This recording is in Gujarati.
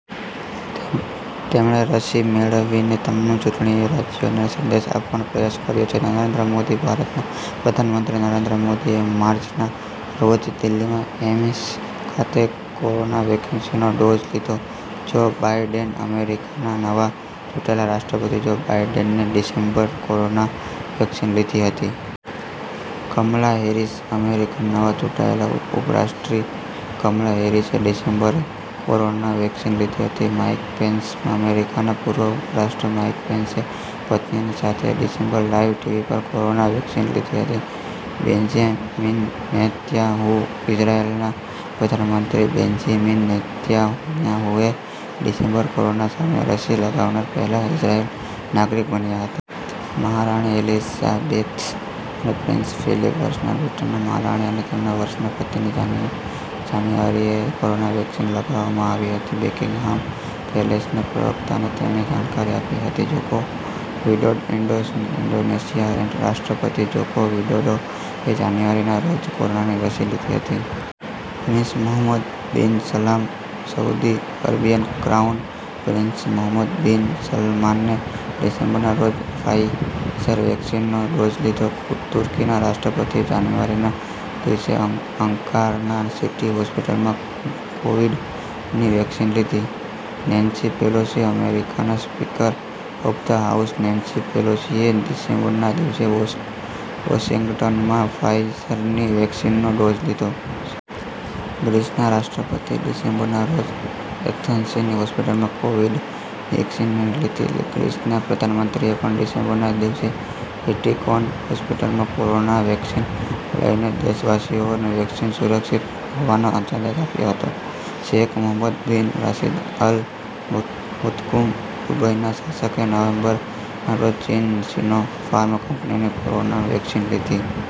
તેમણે રસી મેળવીને તમામ ચૂંટણી રાજ્યોને સંદેશ આપવાનો પ્રયાસ કર્યો છે.. નરેન્દ્ર મોદી ભારતના પ્રધાનમંત્રી નરેન્દ્ર મોદી એ માર્ચ ના રોજ દિલ્લીમાં એઈમ્સ ખાતે કોરોના વેક્સીનનો ડોઝ લીધો.. જો બાઈડેન અમેરિકાના નવા ચૂંટાયેલા રાષ્ટ્રપતિ જો બાઈડેને ડિસેમ્બરે કોરોના વેક્સીન લીધી હતી.. કમલા હેરિસ અમેરિકાના નવા ચૂંટાયેલા ઉપરાષ્ટ્રપતિ કમલા હેરિસે ડિસેમ્બરે કોરોના વેક્સીન લીધી હતી.. માઈક પેન્સ અમેરિકાના પૂર્વ ઉપરાષ્ટ્રપતિ માઈક પેન્સે પત્નીની સાથે ડિસેમ્બરે લાઈવ ટીવી પર કોરોના વેક્સીન લીધી હતી.. બેન્ઝામીન નેતન્યાહૂ ઈઝરાયલના પ્રધાનમંત્રી બેન્ઝામીન નેતન્યાહૂએ ડિસેમ્બરે કોરોના સામે રસી લગાવનારા પહેલા ઈઝરાયલી નાગરિક બન્યા હતા.. મહારાણી એલિઝાબેઝ અને પ્રિન્સ ફિલિપ વર્ષના બ્રિટનના મહારાણી અને તેમના વર્ષના પતિને જાન્યુઆરીએ કોરોના વેક્સીન લગાવવામાં આવી હતી. બકિંગહામ પેલેસના પ્રવક્તાએ તેની જાણકારી આપી હતી.. જોકો વિડોડો ઈન્ડોનેશિયાના રાષ્ટ્રપતિ જોકો વિડોડોએ જાન્યુઆરી ના રોજ કોરોનાની રસી લીધી.. prince Mohammed bin Salman Saudi અરેબિયાના ક્રાઉન પ્રિન્સ મોહમ્મદ બિન સલમાને ડિસેમ્બર ના રોજ ફાઈઝર વેક્સીનનો ડોઝ લીધો.. તુર્કીના રાષ્ટ્રપતિએ જાન્યુઆરી ના દિવસે અંકારાના સિટી હોસ્પિટલમાં કોવિડ- ની વેક્સીન લીધી.. નેન્સી પેલોસી અમેરિકાના speaker of the house Nancy પેલોસીએ ડિસેમ્બર ના દિવસે વોશિંગ્ટનમાં ફાઈઝરની વેક્સીનનો ડોઝ લીધો.. ગ્રીસના રાષ્ટ્રપતિએ ડિસેમ્બર ના રોજ એથેન્સની હોસ્પિટલમાં કોવિડ- વેક્સીન લીધી.. ગ્રીસના પ્રધાનમંત્રીએ પણ ડિસેમ્બરના દિવસે એટિકોન હોસ્પિટલમાં કોરોના વેક્સીન લઈને દેશવાસીઓને વેક્સીન સુરક્ષિત હોવાનો સંદેશ આપ્યો હતો.. શેખ મોહમ્મદ બિન રાશિદ અલ મુત્કુમ દુબઈના શાસકે નવેમ્બરે ના રોજ ચીનની સિનોફાર્મ કંપનીની કોરોના વેક્સીન લીધી.